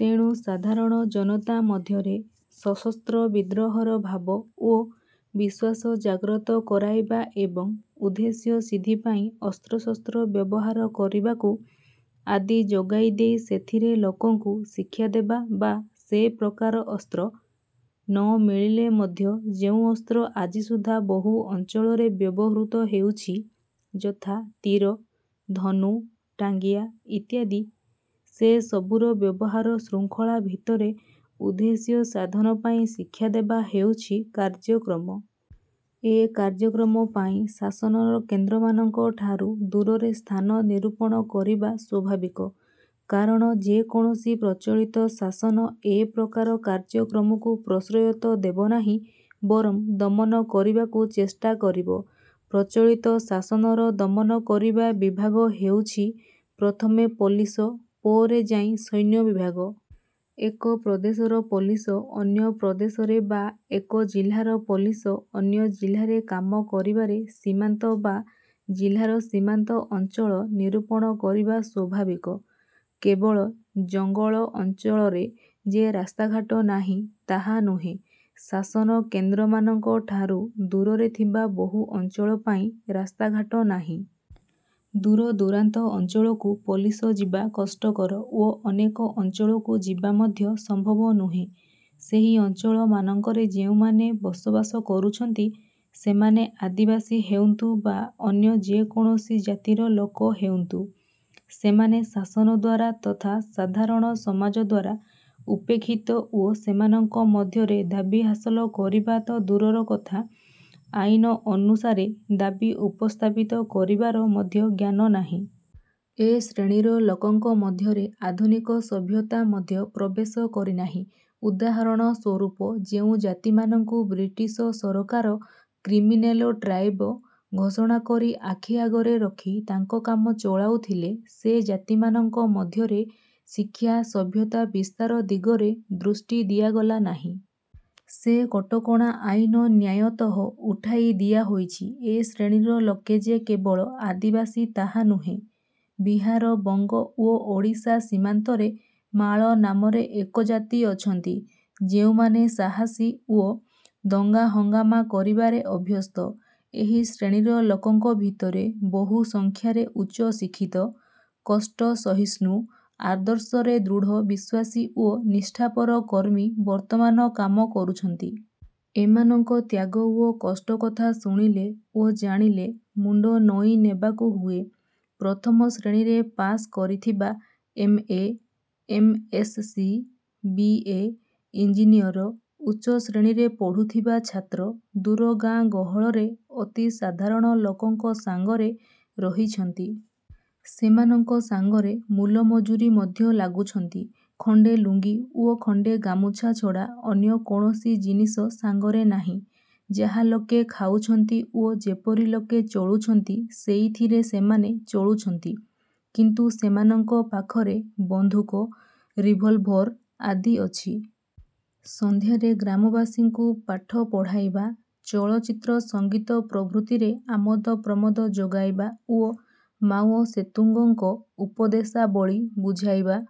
ତେଣୁ ସାଧାରଣ ଜନତା ମଧ୍ୟରେ ସଶସ୍ତ୍ର ବିଦ୍ରୋହର ଭାବ ଓ ବିଶ୍ୱାସ ଜାଗ୍ରତ କରାଇବା ଏବଂ ଉଦ୍ଦେଶ୍ୟ ସିଦ୍ଧି ପାଇଁ ଅସ୍ତ୍ରଶସ୍ତ୍ର ବ୍ୟବହାର କରିବାକୁ ଆଦି ଯୋଗାଇ ଦେଇ ସେଥିରେ ଲୋକଙ୍କୁ ଶିକ୍ଷା ଦେବା ବା ସେ ପ୍ରକାର ଅସ୍ତ୍ର ନ ମିଳିଲେ ମଧ୍ୟ, ଯେଉଁ ଅସ୍ତ୍ର ଆଜି ସୁଦ୍ଧା ବହୁ ଅଞ୍ଚଳରେ ବ୍ୟବହୃତ ହେଉଛି, ଯଥା- ତୀର, ଧନୁ, ଟାଙ୍ଗିଆ ଇତ୍ୟାଦି ସେ ସବୁର ବ୍ୟବହାର ଶୃଙ୍ଖଳା ଭିତରେ ଉଦ୍ଦେଶ୍ୟ ସାଧନ ପାଇଁ ଶିକ୍ଷାଦେବା ହେଉଛି କାର୍ଯ୍ୟକ୍ରମ। ଏ କାର୍ଯ୍ୟକ୍ରମ ପାଇଁ ଶାସନର କେନ୍ଦ୍ରମାନଙ୍କଠାରୁ ଦୂରରେ ସ୍ଥାନ ନିରୂପଣ କରିବା ସ୍ୱାଭାବିକ; କାରଣ ଯେ କୌଣସି ପ୍ରଚଳିତ ଶାସନ ଏ ପ୍ରକାର କାର୍ଯ୍ୟକ୍ରମକୁ ପ୍ରଶ୍ରୟ ତ ଦେବନାହିଁ ବରଂ ଦମନ କରିବାକୁ ଚେଷ୍ଟା କରିବ। ପ୍ରଚଳିତ ଶାସନର ଦମନ କରିବା ବିଭାଗ ହେଉଛି ପ୍ରଥମେ ପୋଲିସ ପରେ ଯାଇଁ ସୈନ୍ୟବିଭାଗ। ଏକ ପ୍ରଦେଶର ପୋଲିସ ଅନ୍ୟ ପ୍ରଦେଶରେ ବା ଏକ ଜିଲ୍ଲାର ପୋଲିସ ଅନ୍ୟ ଜିଲ୍ଲାରେ କାମ କରିବାରେ ସୀମାନ୍ତ ବା ଜିଲ୍ଲାର ସୀମାନ୍ତ ଅଞ୍ଚଳ ନିରୂପଣ କରିବା ସ୍ୱାଭାବିକ। କେବଳ ଜଙ୍ଗଳ ଅଞ୍ଚଳରେ ଯେ ରାସ୍ତା ଘାଟ ନାହିଁ ତାହା ନୁହେଁ। ଶାସନ କେନ୍ଦ୍ରମାନଙ୍କଠାରୁ ଦୂରରେ ଥିବା ବହୁ ଅଞ୍ଚଳ ପାଇଁ ରାସ୍ତା ଘାଟ ନାହିଁ। ଦୂର ଦୂରାନ୍ତ ଅଞ୍ଚଳକୁ ପୋଲିସ ଯିବା କଷ୍ଟକର ଓ ଅନେକ ଅଞ୍ଚଳକୁ ଯିବା ମଧ୍ୟ ସମ୍ଭବ ନୁହେଁ। ସେହି ଅଞ୍ଚଳ ମାନଙ୍କରେ ଯେଉଁମାନେ ବସବାସ କରୁଛନ୍ତି, ସେମାନେ ଆଦିବାସୀ ହେଉନ୍ତୁ ବା ଅନ୍ୟ ଯେ କୌଣସି ଜାତିର ଲୋକ ହେଉନ୍ତୁ ସେମାନେ ଶାସନ ଦ୍ୱାରା ତଥା ସାଧାରଣ ସମାଜ ଦ୍ୱାରା ଉପେକ୍ଷିତ ଓ ସେମାନଙ୍କ ମଧ୍ୟରେ ଦାବି ହାସଲ କରିବା ତ ଦୂରର କଥା, ଆଇନ ଅନୁସାରେ ଦାବି ଉପସ୍ଥାପିତ କରିବାର ମଧ୍ୟ ଜ୍ଞାନ ନାହିଁ। ଏ ଶ୍ରେଣୀର ଲୋକଙ୍କ ମଧ୍ୟରେ ଆଧୁନିକ ସଭ୍ୟତା ମଧ୍ୟ ପ୍ରବେଶ କରିନାହିଁ। ଉଦାହରଣସ୍ୱରୂପ ଯେଉଁ ଜାତିମାନଙ୍କୁ ବିଟ୍ରିଶ ସରକାର 'କ୍ରିମିନେଲ ଟ୍ରାଇବ' ଘୋଷଣା କରି ଆଖିଆଗରେ ରଖି ତାଙ୍କ କାମ ଚଳାଉଥିଲେ, ସେ ଜାତିମାନଙ୍କ ମଧ୍ୟରେ ଶିକ୍ଷା ସଭ୍ୟତା ବିସ୍ତାର ଦିଗରେ ଦୃଷ୍ଟି ଦିଆ ଗଲାନାହିଁ। ସେ କଟକଣା ଆଇନ ନ୍ୟାୟତଃ ଉଠାଇ ଦିଆହୋଇଛି। ଏ ଶ୍ରେଣୀର ଲୋକେ ଯେ କେବଳ ଆଦିବାସୀ ତାହା ନୁହେଁ। ବିହାର, ବଙ୍ଗ ଓ ଓଡ଼ିଶା ସୀମାନ୍ତରେ ମାଳ ନାମରେ ଏକ ଜାତି ଅଛନ୍ତି, ଯେଉଁମାନେ ସାହସୀ ଓ ଦଙ୍ଗାହଙ୍ଗାମା କରିବାରେ ଅଭ୍ୟସ୍ତ। ଏହି ଶ୍ରେଣୀର ଲୋକଙ୍କ ଭିତରେ ବହୁ ସଂଖ୍ୟାରେ ଉଚ୍ଚ ଶିକ୍ଷିତ, କଷ୍ଟସହିଷ୍ଣୁ, ଆଦର୍ଶରେ ଦୃଢ଼ ବିଶ୍ୱାସୀ ଓ ନିଷ୍ଠାପର କର୍ମୀ ବର୍ତ୍ତମାନ କାର୍ଯ୍ୟ କରୁଛନ୍ତି। ଏମାନଙ୍କ ତ୍ୟାଗ ଓ କଷ୍ଟ କଥା ଶୁଣିଲେ ଓ ଜାଣିଲେ ମୁଣ୍ଡ ନଇଁନେବାକୁ ହୁଏ। ପ୍ରଥମ ଶ୍ରେଣୀରେ ପାସ୍ କରିଥିବା M: A; M: S. C; B A, engineer, ଉଚ୍ଚ ଶ୍ରେଣୀରେ ପଢ଼ୁଥିବା ଛାତ୍ର ଦୂର ଗାଁ ଗହଳରେ ଅତି ସାଧାରଣ ଲୋକଙ୍କ ସାଙ୍ଗରେ ରହିଛନ୍ତି। ସେମାନଙ୍କ ସାଙ୍ଗରେ ମୂଲ ମଜୁରୀ ମଧ୍ୟ ଲାଗୁଛନ୍ତି। ଖଣ୍ଡେ ଲୁଙ୍ଗି ଓ ଖଣ୍ଡେ ଗାମୁଛା ଛଡ଼ା ଅନ୍ୟ କୌଣସି ଜିନିଷ ସାଙ୍ଗରେ ନାହିଁ, ଯାହା ଲୋକେ ଖାଉଛନ୍ତି ଓ ଯେପରି ଲୋକେ ଚଳୁଛନ୍ତି ସେଇଥିରେ ସେମାନେ ଚଳୁଛନ୍ତି। କିନ୍ତୁ ସେମାନଙ୍କ ପାଖରେ ବନ୍ଧୁକ ରିଭଲଭର ଆଦି ଅଛି। ସନ୍ଧ୍ୟାରେ ଗ୍ରାମବାସୀମାନଙ୍କୁ ପାଠ ପଢ଼ାଇବା, ଚଳଚ୍ଚିତ୍ର ସଙ୍ଗୀତ ପ୍ରଭୃତିରେ ଆମୋଦ ପ୍ରମୋଦ ଯୋଗାଇବା ଓ ମାଓସେତୁଙ୍ଗଙ୍କ ଉପଦେଶାବଳୀ ବୁଝାଇବା